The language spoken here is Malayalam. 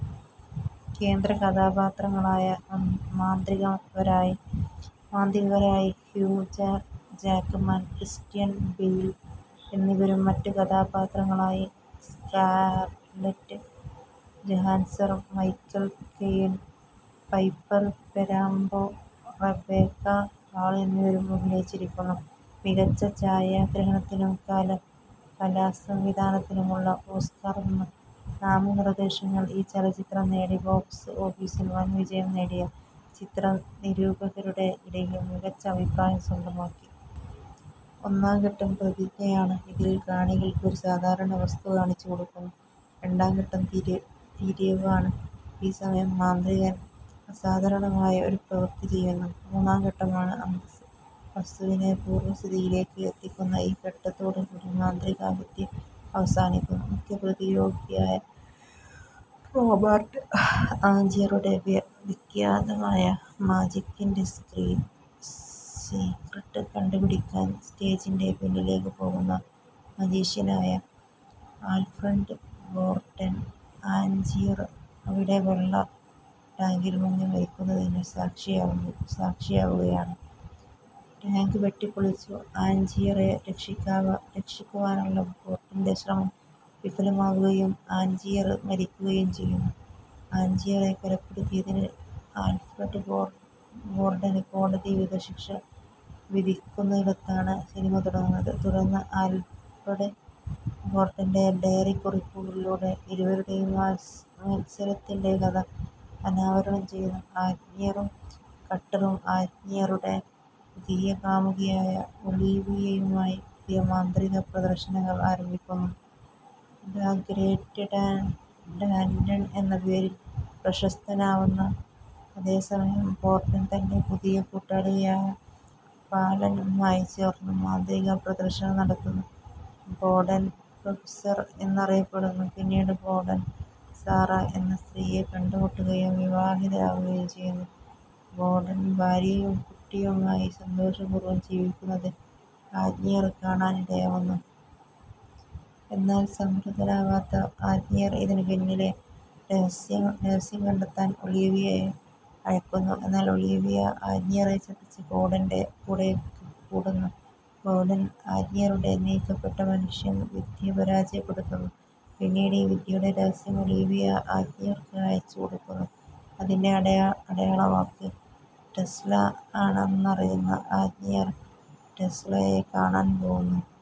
കേന്ദ്രകഥാപാത്രങ്ങളായ മാന്ത്രികരായി ഹ്യൂ ജാക്ക്മാൻ, ക്രിസ്റ്റ്യൻ ബെയ്ൽ എന്നിവരും മറ്റു കഥാപാത്രങ്ങളായി Scarlett Johansson, Michael Caine, Piper Perabo, Rebecca Hall എന്നിവരും അഭിനയിച്ചിരിക്കുന്നു. മികച്ച ഛായാഗ്രഹണത്തിനും കലാസംവിധാനത്തിനുമുള്ള ഓസ്കാർ നാമനിർദ്ദേശങ്ങൾ ഈ ചലച്ചിത്രം നേടി. ബോക്സ് ഓഫീസിൽ വൻ വിജയം നേടിയ ചിത്രം നിരൂപകരുടെ ഇടയിലും മികച്ച അഭിപ്രായം സ്വന്തമാക്കി. ഒന്നാം ഘട്ടം പ്രതിജ്ഞയാണ്. ഇതിൽ കാണികൾക്ക് ഒരു സാധാരണ വസ്തു കാണിച്ചുകൊടുക്കുന്നു. രണ്ടാം ഘട്ടം തിരിവാണ്. ഈ സമയം മാന്ത്രികൻ അസാധാരണമായ ഒരു പ്രവൃത്തി ചെയ്യുന്നു. മൂന്നാം ഘട്ടമാണ് അന്തസ്സ്. വസ്തുവിനെ പൂർവ്വസ്ഥിതിയിലേക്ക് എത്തിക്കുന്ന ഈ ഘട്ടത്തോടു കൂടി മാന്ത്രികവിദ്യ അവസാനിക്കുന്നു. മുഖ്യപ്രതിയോഗിയായ റോബർട്ട് ആൻജിയറുടെ വിഖ്യാതമായ മാജിക്കിൻറെ സീക്ക്രട്ട് കണ്ടുപിടിക്കാൻ സ്റ്റേജിന്റെ പിന്നിലേക്ക് പോകുന്ന മജീഷ്യനായ ആൽഫ്രഡ് ബോർടൻ, ആന്ജിയർ അവിടെ വെള്ളടാങ്കിൽ മുങ്ങി മരിക്കുന്നതിനു സാക്ഷിയാവുകയാണ്. ടാങ്ക് വെട്ടിപ്പൊളിച്ചു ആന്ജിയറെ രക്ഷിക്കുവാനുള്ള ബോർടന്റെ ശ്രമം വിഫലമാവുകയും ആന്ജിയർ മരിക്കുകയും ചെയ്യുന്നു. ആൻജിയറെ കൊലപ്പെടുത്തിയതിന് ആൽഫ്രഡ് ബോർടന് കോടതി വധശിക്ഷ വിധിക്കുന്നിടത്താണ് സിനിമ തുടങ്ങുന്നത്. തുടർന്ന് ആൽഫ്രഡ് ബോർടന്റെ ഡയറിക്കുറിപ്പുകളിലൂടെ ഇരുവരുടെയും മാത്സര്യത്തിന്റെ കഥ അനാവരണം ചെയ്യുന്നു. ആഞ്ജിയറും കട്ടറും ആഞ്ജിയറുടെ പുതിയ കാമുകിയായ ഒളീവിയയുമായി പുതിയ മാന്ത്രിക പ്രദർശനങ്ങൾ ആരംഭിക്കുന്നു. ദ ഗ്രേറ്റ് ഡാന്റൺ എന്ന പേരിൽ പ്രശസ്തനാവുന്നു. അതേ സമയം ബോഡൻ തന്റെ പുതിയ കൂട്ടാളിയായ ഫാലനുമായി ചേർന്നും മാന്ത്രിക പ്രദർശനം നടത്തുന്നു. ബോഡൻ പ്രൊഫസർ എന്നറിയപ്പെടുന്നു. പിന്നീട് ബോഡൻ സാറ എന്ന സ്ത്രീയെ കണ്ടുമുട്ടുകയും വിവാഹിതരാവുകയും ചെയ്യുന്നു. ബോഡൻ ഭാര്യയും കുട്ടിയുമായി സന്തോഷപൂർവ്വം ജീവിക്കുന്നത് ആഞ്ജിയർ കാണാനിടയാവുന്നു. എന്നാൽ സംതൃപ്തനാവാത്ത ആഞ്ജിയർ ഇതിനു പിന്നിലെ രഹസ്യം കണ്ടെത്താൻ ഒളീവിയയെ അയക്കുന്നു. എന്നാൽ ഒളീവിയ ആഞ്ജിയറെ ചതിച്ച് ബോഡന്റെ കൂടെക്കൂടുന്നു. ബോഡൻ ആഞ്ജിയറുടെ നീക്കപ്പെട്ട മനുഷ്യൻ വിദ്യ പരാജയപ്പെടുത്തുന്നു. പിന്നീട് ഈ വിദ്യയുടെ രഹസ്യം ഒളീവിയ ആഞ്ജിയർക്ക് അയച്ചു കൊടുക്കുന്നു. അതിന്റെ അടയാളവാക്ക് ടെസ്ല ആണെന്നറിയുന്ന ആഞ്ജിയർ ടെസ്ലയെ കാണാൻ പോവുന്നു.